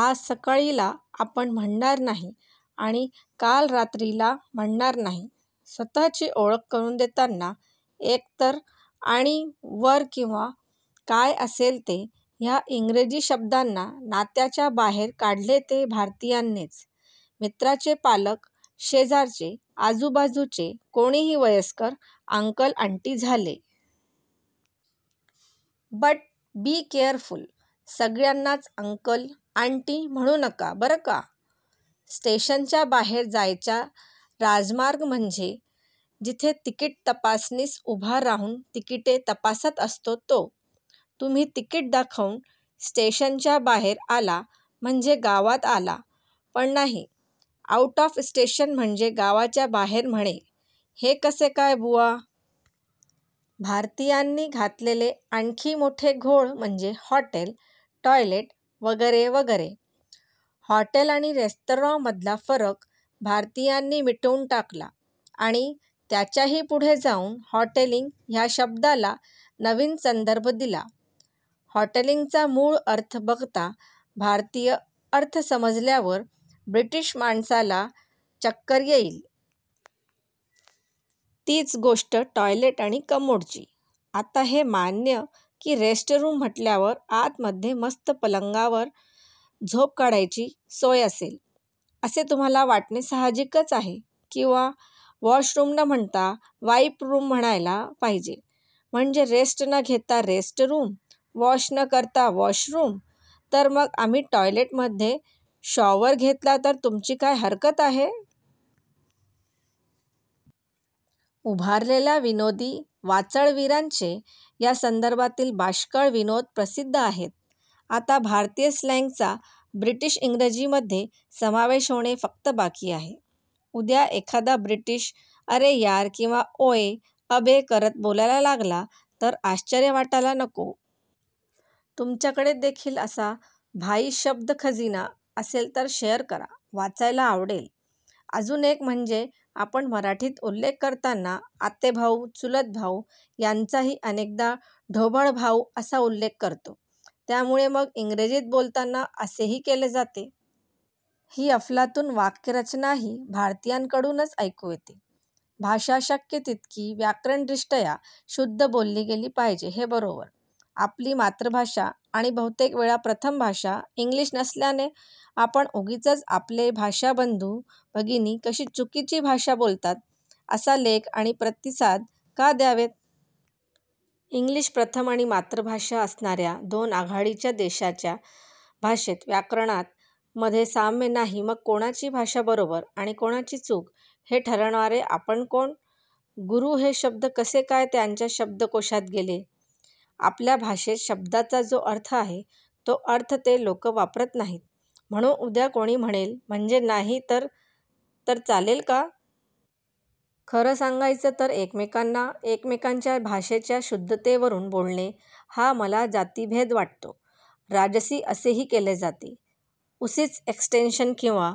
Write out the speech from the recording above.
आज सकाळी ला आपण म्हणणार नाही आणि काल रात्री ला म्हणणार नाही. स्वतःची ओळख करून देताना एकतर आणि वर. किंवा. काय असेल ते, ह्या इंग्रजी शब्दांना नात्याचा बाहेर काढले ते भारतीयांनीच. मित्राचे पालक, शेजारचे, आजूबाजूचे, कोणीही वयस्कर अंकल, आंटी झाले. बट बी केअरफुल, सगळ्यांनाच अंकल, आंटी म्हणू नका बरका. स्टेशनच्या बाहेर जायचा राजमार्ग म्हणजे जिथे तिकीट तपासनीस उभा राहून तिकिटे तपासत असतो तो. तुम्ही तिकीट दाखवून स्टेशनच्या बाहेर आला म्हणजे गावात आला पण नाही आउट ऑफ स्टेशन म्हणजे गावाच्या बाहेर म्हणे, हे कसे काय बुवा? भारतीयांनी घातलेले आणखी मोठे घोळ म्हणजे हॉटेल, टॉयलेट वगैरे वगैरे. हॉटेल आणि रेस्तराँ मधला फरक भारतीयांनी मिटवून टाकला आणि त्याच्याही पुढे जाऊन हॉटेलिंग ह्या शब्दाला नवीन संदर्भ दिला. हॉटेलिंगचा मूळ अर्थ बघता भारतीय अर्थ समजल्यावर ब्रिटिश माणसाला चक्कर येईल. तीच गोष्ट टॉयलेट आणि कमोडची. आता हे मान्य की रेस्ट रूम म्हटल्यावर आतमध्ये मस्त पलंगावर झोप काढायची सोय असेल असे तुम्हाला वाटणे साहजिकच आहे किंवा वॉश रूम न म्हणता वाईप रूम म्हणायला पाहिजे म्हणजे रेस्ट न घेता रेस्ट रूम, वॉश न करता वॉश रूम तर मग आम्ही टॉयलेट मध्ये शॉवर घेतला तर तुमची काय हरकत आहे? उभारलेल्या विनोदी वाचळवीरांचे या संदर्भातील बाष्कळ विनोद प्रसिद्ध आहेत. आता भारतीय स्लॅन्गचा ब्रिटिश इंग्रजीमध्ये समावेश होणे फक्त बाकी आहे. उद्या एखादा ब्रिटीश अरे यार किंवा ओये, अबे करत बोलायला लागला तर आश्चर्य वाटायला नको. तुमच्याकडे देखील असा भाइं शब्द खजिना असेल तर शेअर करा, वाचायला आवडेल. अजून एक म्हणजे आपण मराठीत उल्लेख करताना आतेभाऊ, चुलतभाऊ यांचाही अनेकदा ढोबळ भाऊ असा उल्लेख करतो. त्यामुळे मग इंग्रजीत बोलताना असेही केले जाते. ही अफलातून वाक्यरचनाही भारतीयांकडूनच ऐकू येते. भाषा शक्य तितकी व्याकरणदृष्ट्या शुद्ध बोलली गेली पाहिजे हे बरोबर. आपली मातृभाषा आणि बहुतेक वेळा प्रथम भाषा इंग्लिश नसल्याने, आपण उगीचच आपले भाषाबंधू िनी कशी चुकीची भाषा बोलतात असा लेख आणि प्रतिसाद का द्यावेत? इंग्लिश प्रथम आणि मातृभाषा असणाऱ्या दोन आघाडीच्या देशांच्या भाषेत, व्याकरणात, मधे साम्य नाही मग कोणाची भाषा बरोबर आणि कोणाची चूक हे ठरवणारे आपण कोण? गुरू, हे शब्द कसे काय त्यांच्या शब्दकोशात गेले? आपल्या भाषेत शब्दाचा जो अर्थ आहे तो अर्थ ते लोकं वापरत नाहीत म्हणून उद्या कोणी म्हणेल म्हणजे नाही तर, तर चालेल का? खरं सांगायचं तर एकमेकांना एकमेकांच्या भाषेच्या शुद्धत्तेवरुन बोलणे हा मला जातीभेद वाटतो. राजसी असेही केले जाते. उसीच एक्स्टेंशन किंवा